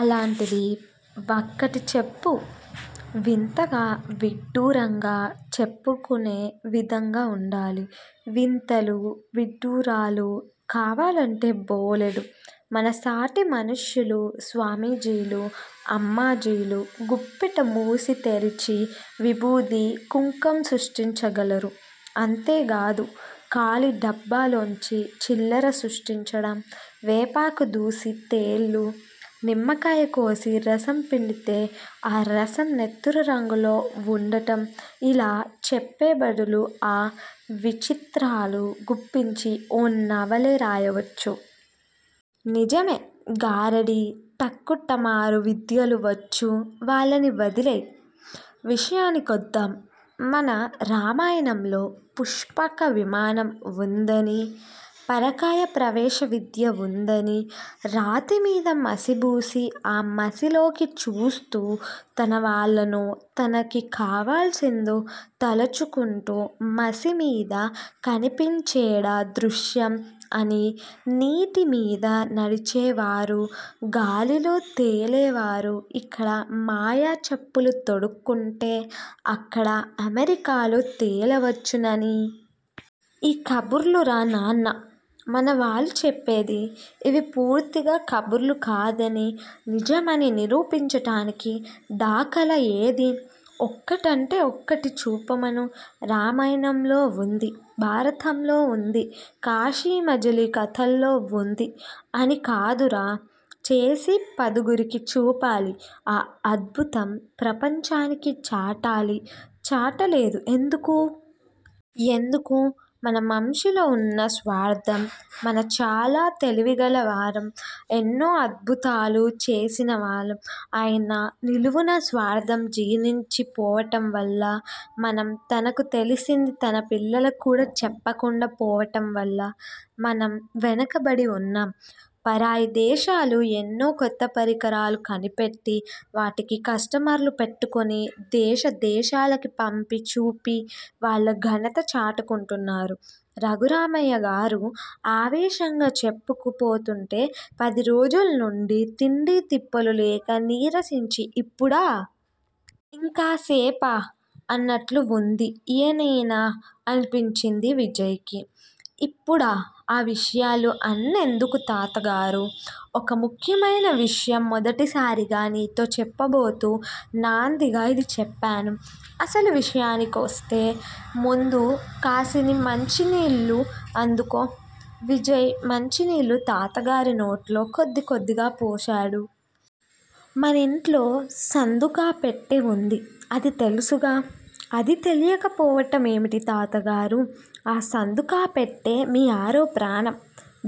అలాంటిది వక్కటిచెప్పు! వింతగా విడ్డూరంగా చెప్పుకునే విధంగా వుండాలి. వింతలు విదూరాలూ కావాలంటే బోలెడు. మన సాటి మనుష్యులు స్వామీజీలు అమ్మాజీలు గుప్పెట మూసి తెరచి విబూది కుంకంసృష్టించగలరు. అంతేగాదు. ఖాళీ డబ్బాలోంచి చిల్లర సృష్టించటం, వేపాకు దూసి తేళ్ళు నిమ్మకాయ కోసి రసం పండితే ఆ రసం నెత్తురు రంగులో వుండటం ఇలా చెప్పెబడులు ఆ విచిత్రాలు గుప్పించి ఓ నవలే రాయవచ్చు. నిజమే గారడీ టక్కుటమారు విద్యలు వచ్చు. వాళ్ళని వదిలెయ్యి. విషయానికొద్దాం మన రామాయణంలో పుష్పక విమానం వుందని. పరకాయ ప్రవేశ విద్య వుందని రాతిమీద మసిబూసి ఆ మసిలోకి చూస్తూ తన వాళ్ళనో. తనకి కావాల్సిందో తల్చుకుంటే మసి మీద కనిపించేడా దృశ్యం అనీ, నీటి మీద నడిచే వారు గాలిలో తేలేవారు, ఇక్కడ మాయా చెప్పులు తొడుక్కుంటే అక్కడ అమెరికాలో తెలవచ్చుననీ. ఈ కబుర్లురా నాన్నా మన వాళ్ళు చెప్పేది ఇవి పూర్తిగా కబుర్లు కాదని నిజం అని నిరూపించటానికి దాఖలా ఏది? ఒక్కటంటే ఒక్కటి చూపమను! రామాయణంలో వుంది. భారతంలో వుంది. కాశీమజలీ కధల్లో వుంది అని కాదురా చేసి పదుగురికి చూపాలి. ఆ అద్భుతం ప్రపంచానికి చాటాలి చటలేదు ఎందుకు? ఎందుకు? మన మంశిలో వున్న స్వార్దం మనం చాలా తెలివిగల వారం. ఎన్నో అద్భుతాలు చేసిన వారం, అయినా నిలువునా స్వార్దం జీర్ణించి పోవటం వల్ల మనం తనకు తెలిసింది తన పిల్లలకి కూడా చెప్పకుండా పోవటం వల్ల మనం వెనక బడి వున్నాం పరాయిదేశాలు ఎన్నో కొత్తపరికరాలు కనిపెట్టి వాటికి కస్టమర్లు పెట్టుకుని దేశ దేశాలకి పంపి చూపి వాళ్ళ ఘనత చాటు కుంటున్నారు రఘురామయ్యగారు ఆవేశంగా చెప్పుకు పోతుంటే పదిరిజుల నుండి తిండీ తిప్పలూ లేక నీరసించి ఇప్పుడా! ఇంకాసేపా, అన్నట్లు వుంది ఈయేనేనా. అనిపించింది విజయ్ కి. ఇప్పుడా ఆ విషయాలూ అన్ని ఎందుకు తాతగారూ! ఒక ముఖ్యమైన విషయం మొదటిసారిగా నీతో చెప్పబోతూ నాందీగా ఇది చెప్పాను. అసలు విషయానికికోస్తాను. ముందు కాసిని మంచినీళ్ళు అందుకో. విజయ్ మంచినీళ్ళు తాతగారి నోటిలో కొద్దికొద్దిగా పోశాడు. మనింట్లో సందూకాపెట్టే వుంది అది తెల్సుగా! అది తెలియక పోవటం ఏమిటి తాతగారూ! ఆ సందూకాపెట్టే మీ ఆరో ప్రాణం.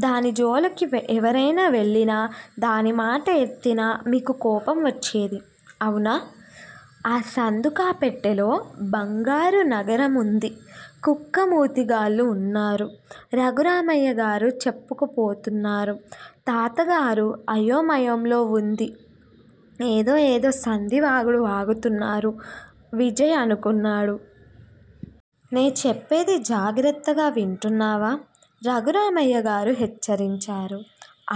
దాని జోలకి ఎవరైనా వెళ్ళినా దానిమాట ఎత్తినా మీకు కోపం వచ్చేది. అవునా, ఆ సందూకాపెట్టేలో బంగారు నగరం వుంది కుక్క మూతిగాళ్ళు వున్నారు రఘురామయ్యగారు చెప్పకు పోతున్నారు 'తాతగారు అయోమయంలోవుంది ఏదో ఏదో సంధి వాగుడు వాగుతున్నారు' విజయ్ అనుకున్నాడు. నేచేప్పేది జాగ్రత్తగా వింటున్నావా? రఘురామయ్యగారు హెచ్చరించారు.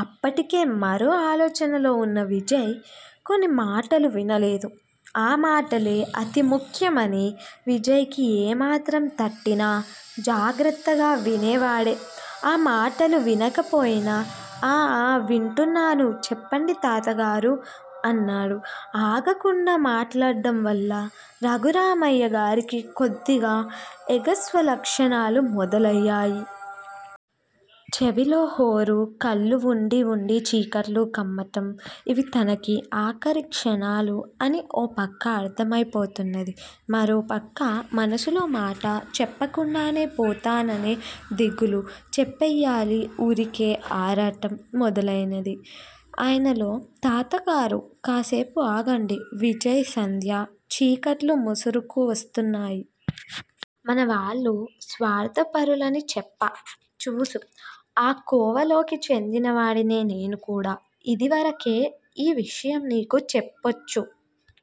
అప్పటికే మరో ఆలోచనలోవున్న విజయ్ కొన్ని మాటలు వినలేదు. ఆ మాటలే అతి ముఖ్యం అని విజయ్ కి ఏమాత్రం తట్టినా జాగ్రత్తగా వినేవాడే అ మాటలు వినకపోయినా ఆ ఆ వింటున్నాను చెప్పండి తాతగారూ! అన్నాడు. ఆగకుండా మాట్లడ్డం వల్ల రఘుర్మయ్యగారికి కొద్దిగా ఎగస్వాసలక్షణాలు మొదలయ్యాయి. చెవిలోహొరు. కళ్ళు వుండి వుండి చీకట్లు కమ్మతం. ఇవి తనకి ఆఖరి క్షణాలు అని ఓ పక్క అర్ధమై పోతున్నది. మరోపక్క మనసులో మాట చెప్పకుండా పోతాననే దిగులు. చెప్పెయ్యాలి ఊరికే ఆరాటం మొదలై ది ఆయనలో. 'తాతగారూ! కాసేపు ఆగండి విజయ్ సంధ్య చీకట్లు ముసురుకు వస్తున్నాయ్. మనవాళ్ళు స్వార్దంపరులనిచెప్పా చూసు. ఆ కోవలోకి చెందినవాడినే నేనుకూడా. ఇదివరకే యీ విషయం నీకు చెప్పొచ్చు